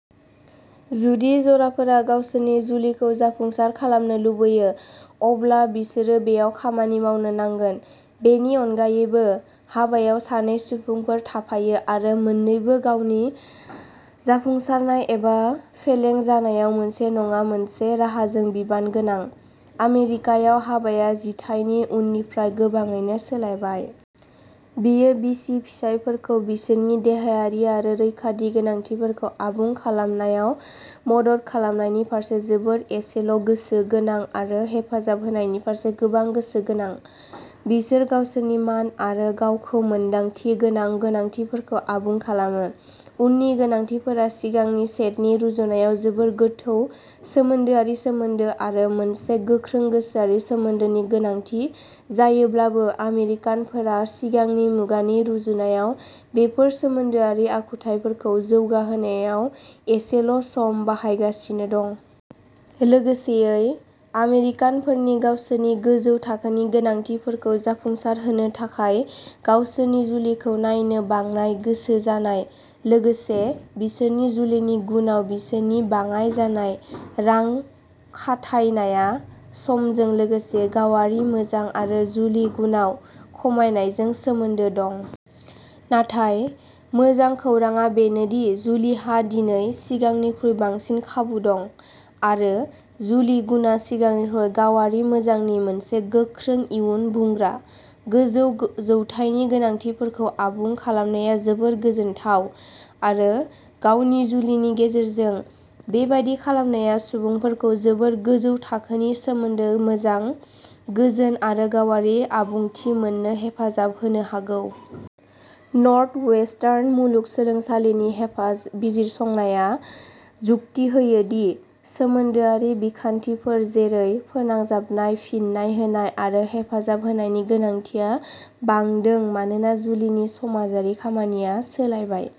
जुदि जराफोरा गावसोरनि जुलिखौ जाफुंसार खालामनो लुबैयो, अब्ला बिसोरो बेयाव खामानि मावनो नांगोन। बेनि अनगायैबो, हाबायाव सानै सुबुंफोर थाफायो आरो मोननैबो गावनि जाफुंसारनाय एबा फेलेंजानायाव मोनसे नङा मोनसे राहाजों बिबान गोनां। "आमेरिकायाव हाबाया जिथाइनि उननिफ्राय गोबाङैनो सोलायबाय। बेयो बिसि-फिसायफोरखौ बिसोरनि देहायारि आरो रैखाथि गोनांथिफोरखौ आबुं खालामनायाव मदद खालामनायनि फारसे जोबोद एसेल'गोसो गोनां आरो हेफाजाब होनायनि फारसे गोबां गोसो गोनां। बिसोर गावसोरनि मान आरो गावखौ मोनदांथि गोनां गोनांथिफोरखौ आबुं खालामो। उननि गोनांथिफोरा सिगांनि सेटनि रुजुनायाव जोबोद गोथौ सोमोन्दोआरि सोमोन्दो आरो मोनसे गोख्रों गोसोआरि सोमोन्दोनि गोनांथि जायोब्लाबो, आमेरिकानफोरा सिगांनि मुगानि रुजुनायाव बेफोर सोमोन्दोआरि आखुथाइफोरखौ जौगाहोनायाव एसेल'सम बाहायगासिनो दं। लोगोसेयै, आमेरिकानफोरनि गावसोरनि गोजौ थाखोनि गोनांथिफोरखौ जाफुंसारहोनो थाखाय गावसोरनि जुलिखौ नायनो बांनाय गोसो जानाय, लोगोसे बिसोरनि जुलिनि गुनआव बिसोरनि बाङाइ जानाय रां खाथायनाया, समजों लोगोसे गावारि मोजां आरो जुलि गुनआव खमायनायजों सोमोन्दो दं। नाथाय मोजां खौरांआ बेनो दि जुलिहा दिनै सिगांनिख्रुइ बांसिन खाबु दं, आरो जुलि गुनआ सिगांनिख्रुइ गावारि मोजांनि मोनसे गोख्रों इयुन बुंग्रा। गोजौ जौथायनि गोनांथिफोरखौ आबुं खालामनाया जोबोद गोजोनथाव, आरो गावनि जुलिनि गेजेरजों बेबादि खालामनाया सुबुंफोरखौ जोबोद गोजौ थाखोनि सोमोन्दो मोजां, गोजोन आरो गावारि आबुंथि मोन्नो हेफाजाब होनो हागौ। "नर्थवेस्टार्न मुलुगसोलोंसालिनि बिजिरसंनाया जुक्ति होयो दि" सोमोन्दोआरि बिखान्थिफोर जेरै फोनांजाबनाय, फिन्नाय होनाय आरो हेफाजाब होनायनि गोनांथिया बांदों मानोना जुलिनि समाजारि खामानिया सोलायबाय।